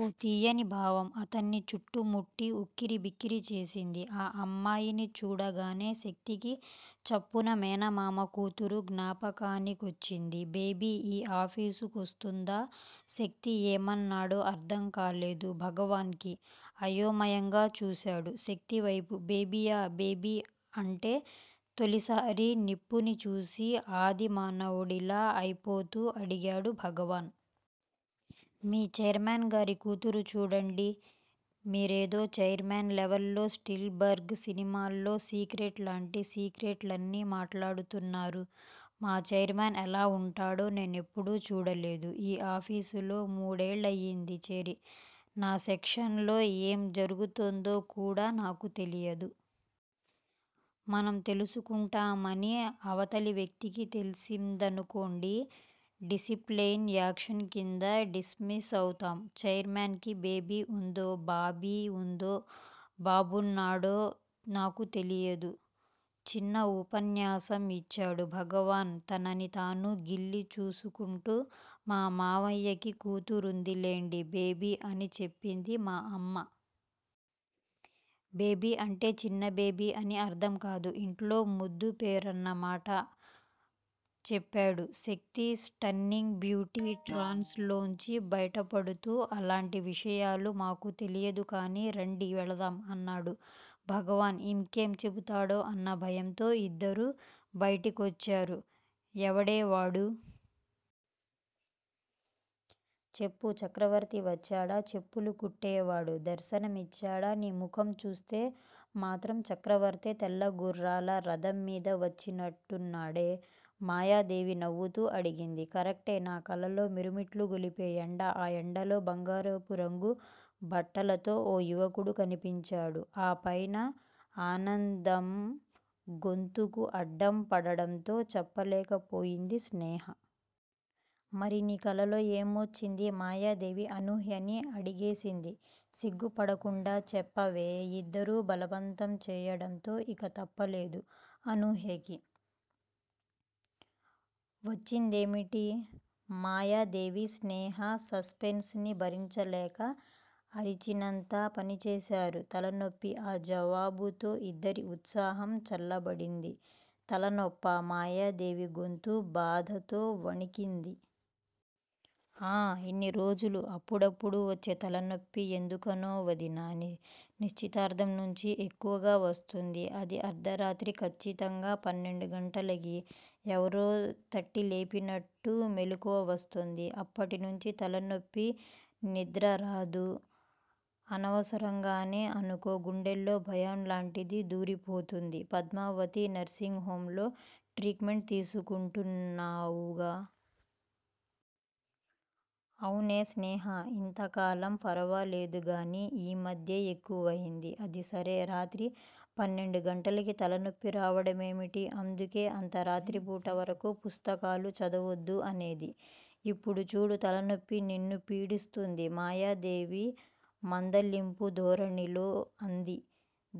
ఓ తియ్యని భావం అతన్ని చుట్టుముట్టి ఉక్కిరిబిక్కిరి చేసింది. ఆ అమ్మాయిని చూడగానే శక్తికి చప్పున మేనమామ కూతురు జ్ఞాపకానికొచ్చింది. బేబీ ఈ ఆఫీసు కొస్తుందా శక్తి ఏమన్నాడో అర్థం కాలేదు భగవాన్ కి. అయోమయంగా చూసాడు శక్తివైపు. బేబీయా బేబీ అంటే తొలిసారి నిప్పుని చూసిన ఆది మానవుడిలా అయిపోతూ అడిగాడు భగవాన్. మీ ఛైర్మన్ గారి కూతురు చూడండి- మీరేదో ఛైర్మన్ లెవల్లో స్టిల్ బర్గ్ సినిమాల్లో, సీక్రెట్స్ లాంటి సీక్రెట్లన్నీ మాట్లాడుతున్నారు. మా ఛైర్మన్ ఎలా ఉంటాడో నేనెప్పుడూ చూడలేదు- ఈ ఆఫీసులో మూడేళ్ళయ్యింది చేరి. నా సెక్షన్ లో ఏం జరుగుతుందో కూడా నాకు తెలీదు. మనం తెలుసుకుంటున్నామని, అవతలి వ్యక్తికి తెల్సిందనుకోండి- డిసిప్లినరీ యాక్షన్ కింద, డిస్మిస్ అవుతాం. ఛైర్మన్ కి బేబీ ఉందో బాబీ ఉందో, బాబున్నాడో నాకు తెలీదు చిన్న ఉపన్యాసం ఇచ్చాడు భగవాన్ తనని తాను గిల్లి చూసుకుంటూ. మా మామయ్యకి కూతురుంది లెండి. బేబీ అని చెప్పింది మా అమ్మ. బేబీ అంటే చిన్న బేబీ అని కాదు అర్థం ఇంట్లో ముద్దు పేరన్న మాట చెప్పాడు శక్తి స్టన్నింగ్ బ్యూటీ ట్రాన్స్ లోంచి బయటపడుతూ. అలాంటి విషయాలు మాకు తెలీదుగానీ- రండి వెళదాం అన్నాడు భగవాన్ ఇంకేం చెబుతాడో అన్న భయంతో. ఇద్దరూ బయటికొచ్చారు. ఎవడే వాడు? చెప్పు- చక్రవర్తి వచ్చాడా? చెప్పులు కుట్టేవాడు దర్శనమిచ్చాడా? నీ ముఖం చూస్తే మాత్రం చక్రవర్తే తెల్లగుర్రాల రథం మీద వచ్చినట్టున్నాడే మాయాదేవి నవ్వుతూ అడిగింది. కరెక్టే- నా కలలో మిరుమిట్లు గొలిపే ఎండ, ఆ ఎండలో బంగారు రంగు బట్టలతో ఓ యువకుడు కనిపించాడు ఆపైన ఆనందం గొంతుకు అడ్డం పడడంతో చెప్పలేకపోయింది స్నేహ. మరి నీ కలలో ఏమొచ్చింది? మాయాదేవి అనూహ్యని అడిగేసింది. సిగ్గుపడకుండా చెప్పవే ఇద్దరూ బలవంతం చేయడంతో ఇక తప్పలేదు అనూహ్యకి. వచ్చింది ఏమిటి? మాయాదేవి స్నేహ సస్పెన్స్ ని భరించలేక అరిచినంత పనిచేశారు. తలనొప్పి ఆ జవాబుతో ఇద్దరి ఉత్సాహం చల్లబడిపోయింది. తలనొప్పా? మాయాదేవి గొంతు బాధతో వణికింది. ఆ- ఇన్నిరోజులు అప్పుడప్పుడు వచ్చే తలనొప్పి ఎందుకనో వదినా నిశ్చితార్థం నుంచి ఎక్కువగా వస్తోంది. అదీ అర్థరాత్రి ఖచ్చితంగా పన్నెండు గంటలకి. ఎవరో తట్టిలేపినట్టు మెలకువ వస్తోంది, అప్పట్నించీ తలనొప్పి, నిద్రరాదు. అనవసరంగానే అనుకో గుండెల్లో భయంలాంటిది దూరిపోతోంది పద్మావతి నర్శింగ్ హోమ్ లో ట్రీట్ మెంట్ తీసుకుంటున్నావుగా! అవునే స్నేహా. ఇంతకాలం ఫరవాలేదుగానీ ఈ మధ్యే ఎక్కువైంది. అది సరే- రాత్రి పన్నెండుగంటలకి తలనొప్పి రావడమేమిటి? అందుకే అంత రాత్రిపూట వరకు పుస్తకాలు చదవద్దు అనేది. ఇప్పుడు చూడు తలనొప్పి నిన్ను పీడిస్తోంది మాయాదేవి మందలింపు ధోరణిలో అంది.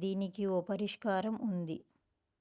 దీనికి ఓ పరిష్కారం వుంది.